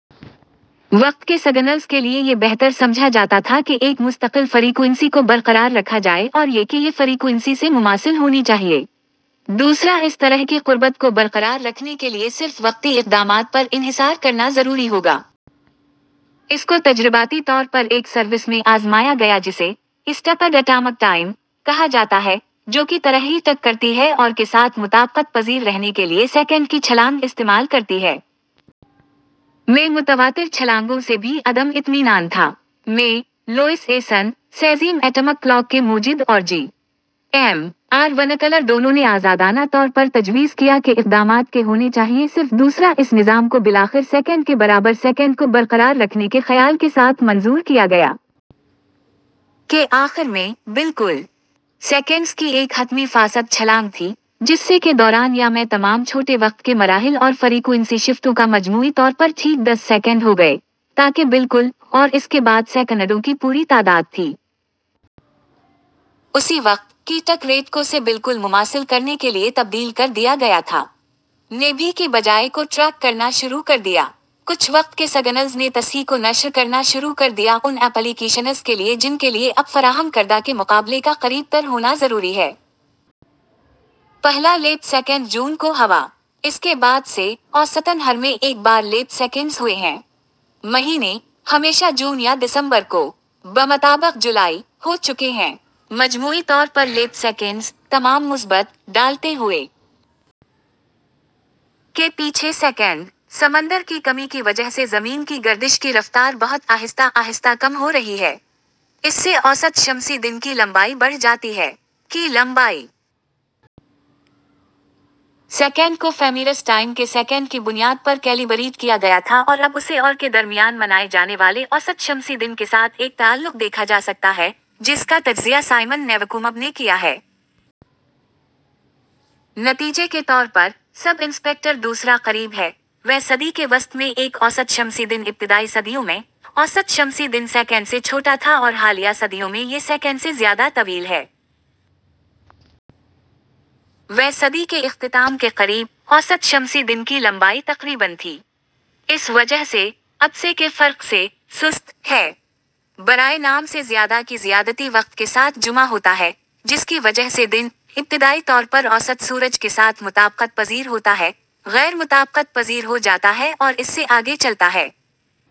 وقت کے سگنلز کے لیے یہ بہتر سمجھا جاتا تھا کہ ایک مستقل فریکوئنسی کو برقرار رکھا جائے اور یہ کہ یہ فریکوئنسی سے مماثل ہونی چاہیے۔ دوسرا اس طرح کی قربت کو برقرار رکھنے کے لیے صرف وقتی اقدامات پر انحصار کرنا ضروری ہوگا۔ اس کو تجرباتی طور پر ایک سروس میں آزمایا گیا جسے "اسٹیپڈ اٹامک ٹائم" کہا جاتا ہے، جو کی طرح ہی ٹک کرتی ہے اور کے ساتھ مطابقت پزیر رہنے کے لیے سیکنڈ کی چھلانگ استعمال کرتی ہے۔ ۔ میں متواتر چھلانگوں سے بھی عدم اطمینان تھا۔ میں، Louis Essen, caesium atomic clock کے موجد اور جی۔ ایم۔ آر ونکلر دونوں نے آزادانہ طور پر تجویز کیا کہ اقدامات کے ہونے چاہئیں صرف دوسرا اس نظام کو بالآخر سیکنڈ کے برابر سیکنڈ کو برقرار رکھنے کے خیال کے ساتھ منظور کیا گیا۔ کے آخر میں، بالکل. سیکنڈز کی ایک حتمی فاسد چھلانگ تھی، جس سے کے دوران یا میں تمام چھوٹے وقت کے مراحل اور فریکوئنسی شفٹوں کا مجموعی طور پر ٹھیک دس سیکنڈ ہو گئے، تاکہ بالکل، اور اس کے بعد سیکنڈوں کی پوری تعداد تھی۔ اسی وقت، کی ٹک ریٹ کو سے بالکل مماثل کرنے کے لیے تبدیل کر دیا گیا تھا۔ نے بھی کی بجائے کو ٹریک کرنا شروع کر دیا۔ کچھ وقت کے سگنلز نے تصحیح کو نشر کرنا شروع کر دیا ان ایپلی کیشنز کے لیے جن کے لیے اب فراہم کردہ کے مقابلے کا قریب تر ہونا ضروری ہے۔ پہلا لیپ سیکنڈ جون کو ہوا۔ اس کے بعد سے، اوسطاً ہر میں ایک بار لیپ سیکنڈز ہوئے ہیں۔ مہینے، ہمیشہ جون یا دسمبر کو۔ بمطابق جولائی ، ہو چکے ہیں۔ مجموعی طور پر لیپ سیکنڈز، تمام مثبت، ڈالتے ہوئے۔ کے پیچھے سیکنڈ۔ سمندر کی کمی کی وجہ سے زمین کی گردش کی رفتار بہت آہستہ آہستہ کم ہو رہی ہے۔ اس سے اوسط شمسی دن کی لمبائی بڑھ جاتی ہے۔ کی لمبائی سیکنڈ کو فیمیرس ٹائم کے سیکنڈ کی بنیاد پر کیلیبریٹ کیا گیا تھا اور اب اسے اور کے درمیان منائے جانے والے اوسط شمسی دن کے ساتھ ایک تعلق دیکھا جا سکتا ہے، جس کا تجزیہ سائمن نیوکومب نے کیا ہے۔ نتیجے کے طور پر، ایس آئی دوسرا قریب ہے / ویں صدی کے وسط میں ایک اوسط شمسی دن ابتدائی صدیوں میں، اوسط شمسی دن سیکنڈ سے چھوٹا تھا اور حالیہ صدیوں میں یہ سیکنڈ سے زیادہ طویل ہے۔ ویں صدی کے اختتام کے قریب، اوسط شمسی دن کی لمبائی تقریباً تھی۔ اس وجہ سے، اب سے کے فرق سے "سست" ہے۔ / برائے نام سے زیادہ کی زیادتی وقت کے ساتھ جمع ہوتا ہے، جس کی وجہ سے دن، ابتدائی طور پر اوسط سورج کے ساتھ مطابقت پزیر ہوتا ہے، غیر مطابقت پزیر ہو جاتا ہے اور اس سے آگے چلتا ہے۔